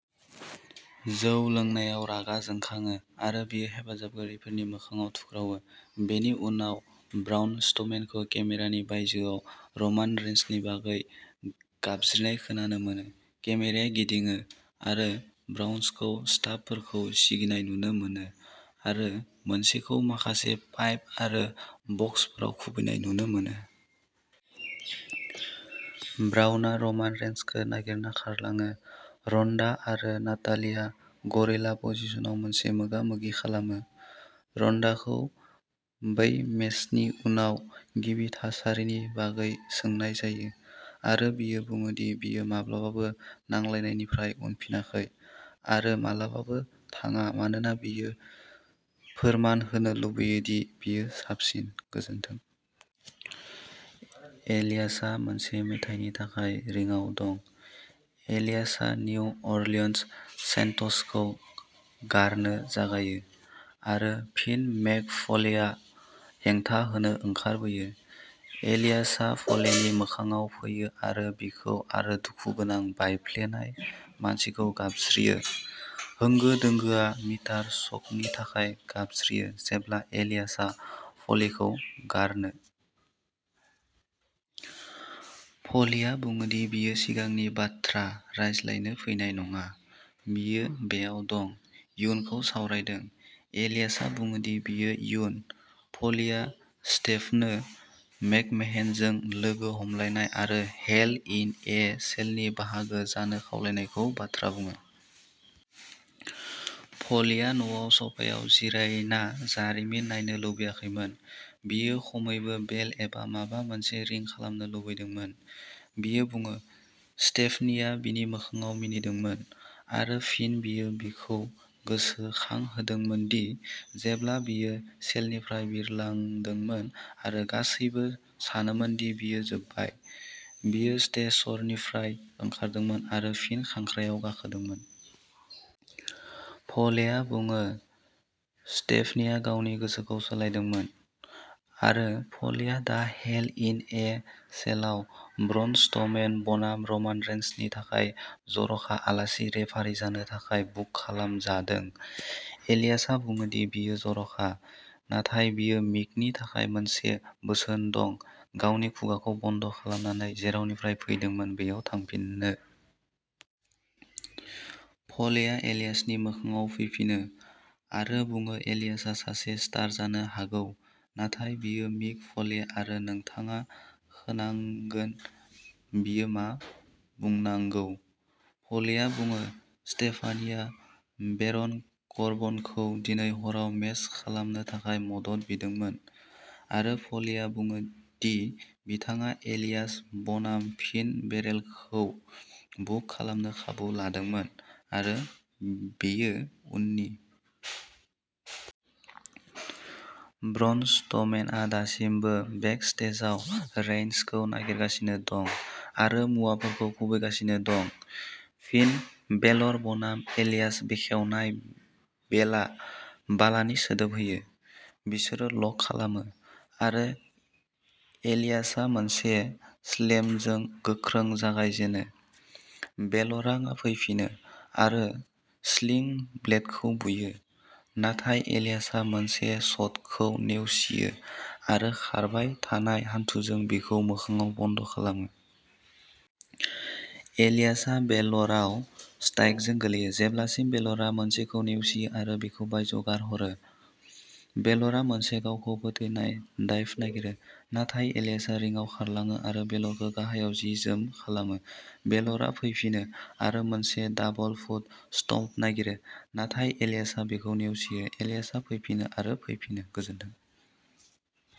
जौ लोंनायाव रागा जोंखाङो आरो बियो हेफाजाबगिरिनि मोखांआव थुख्रावो। बेनि उनाव ब्राउन स्ट्र'मेनखौ केमेरानि बायजोआव रमान रेइन्सनि बागै गाबज्रिनाय खोनानो मोनो। केमेराया गिदिङो आरो ब्राउनखौ स्टाफफोरखौ सिगिनाय नुनो मोनो, आरो मोनसेखौ माखासे पाइप आरो बक्सफोराव खुबैनाय नुनो मोनो। ब्राउनआ रमान रेइन्सखौ नागिरना खारलाङो। रन्डा आरो नातालिया गरिला पजिशनाव मोनसे मोगा-मोगि खालामो। रन्डाखौ बै मेचनि उनाव बिनि थासारिनि बागै सोंनाय जायो, आरो बियो बुङो दि बियो माब्लाबाबो नांलायनायनिफ्राय उनफिनाखै आरो माब्लाबाबो थाङा मानोना बियो फोरमान होनो लुबैयो दि बियो साबसिन। गोजोनथों एलियासआ मोनसे मेथाइनि थाखाय रिंआव दं। एलियासआ निउ अरलिन्स सेन्ट्सखौ गारनो जागायो, आरो फिन मिक फ'लेआ हेंथा होनो ओंखारबोयो। एलियासआ फ'लेनि मोखांआव फैयो आरो बिखौ आरो दुखुगोनां बायफ्लेनाय मानसिखौ गाबज्रियो। होंगो दोंगोआ मिस्टार सक'नि थाखाय गाबज्रियो जेब्ला एलियासआ फ'लीखौ गारनो। फ'लीया बुङो दि बियो सिगांनि बाथ्रा रायज्लायनो फैनाय नङा, बियो बेयाव दं। इयुनखौ सावरायदों। एलियासआ बुङो दि बियो इयुन। फ'लिआ स्टेफनी मैकमेहनजों लोगो हमलायनाय आरो हेल इन ए सेलनि बाहागो जानो खावलायनायनि बाथ्रा बुङो। फ'लिआ न'आव सोफायाव जिरायना जारिमिन नायनो लुबैयाखैमोन, बियो खमैबो बेल एबा माबा मोनसे रिं खालामनो लुबैदोंमोन। बियो बुङो स्टेफनीआ बिनि मोखांआव मिनिदोंमोन, आरो फिन बियो बिखौ गोसोखांहोदोंमोन दि जेब्ला बियो सेलनिफ्राय बिरलांदोंमोन आरो गासैबो सानोमोन दि बियो जोबबाय, बियो स्ट्रेचरनिफ्राय ओंखारदोंमोन आरो फिन खांख्रायाव गाखोदोंमोन। फ'लेआ बुङो स्टेफनीआ गावनि गोसोखौ सोलायदोंमोन, आरो फ'लेआ दा हेल इन ए सेलआव ब्रौन स्ट्र'मेन बनाम रमान रेइन्सनि थाखाय जर'खा आलासि रेफारि जानो थाखाय बुक खालामजादों। एलियासआ बुङो दि बेयो जर'खा, नाथाय बियो मिकनि थाखाय मोनसे बोसोन दं गावनि खुगाखौ बन्द' खालामनानै जेरावनिफ्राय फैदोंमोन बैयाव थांफिननो। फ'लेआ एलियासनि मोखांआव फैफिनो, आरो बुङो एलियासआ सासे स्टार जानो हागौ, नाथाय बियो मिक फ'ले आरो नोंथाङा खोनांगोन बियो मा बुंनांगौ। फ'लेआ बुङो स्टेफानिआ बेरन कर्बिनखौ दिनै हराव मेच खालामनो थाखाय मदद बिदोंमोन, आरो फ'लेआ बुङो दि बिथाङा एलियास बनाम फिन बेलरखौ बुक खालामनो खाबु लादोंमोन, आरो बेयो उननि। ब्रौन स्ट्र'मेनआ दासिमबो बेकस्टेजआव रेइन्सखौ नागिरगासिनो दं आरो मुवाफोरखौ खुबैगासिनो दं। फिन बेलर बनाम एलियास बेखेवनाय बेलआ बालानि सोदोब होयो, बिसोरो लक खालामो, आरो एलियासआ मोनसे स्लेमजों गोख्रों जागायजेनो। बेलरआ फैफिनो आरो स्लिं ब्लेडखौ बुयो, नाथाय एलियासआ मोनसे शटखौ नेवसियो आरो खारबाय थानाय हान्थुजों बिखौ मोखांआव बन्द' खालामो। एलियासआ बेलरआव स्ट्राइकजों गोलैयो जेब्लासिम बेलरआ मोनसेखौ नेवसियो आरो बिखौ बायजोआव गारहरो। बेलरआ मोनसे गावखौ फोथैनाय डाइभ नागिरो, नाथाय एलियासआ रिंआव खारलाङो आरो बेलरखौ गाहायाव जि जोम खालामो। बेलरआ फैफिनो आरो मोनसे डाबल फुट स्टम्प नागिरो, नाथाय एलियासआ बेखौ नेवसियो। एलियासआ फैफिनो आरो फैफिनो। गोजोनथों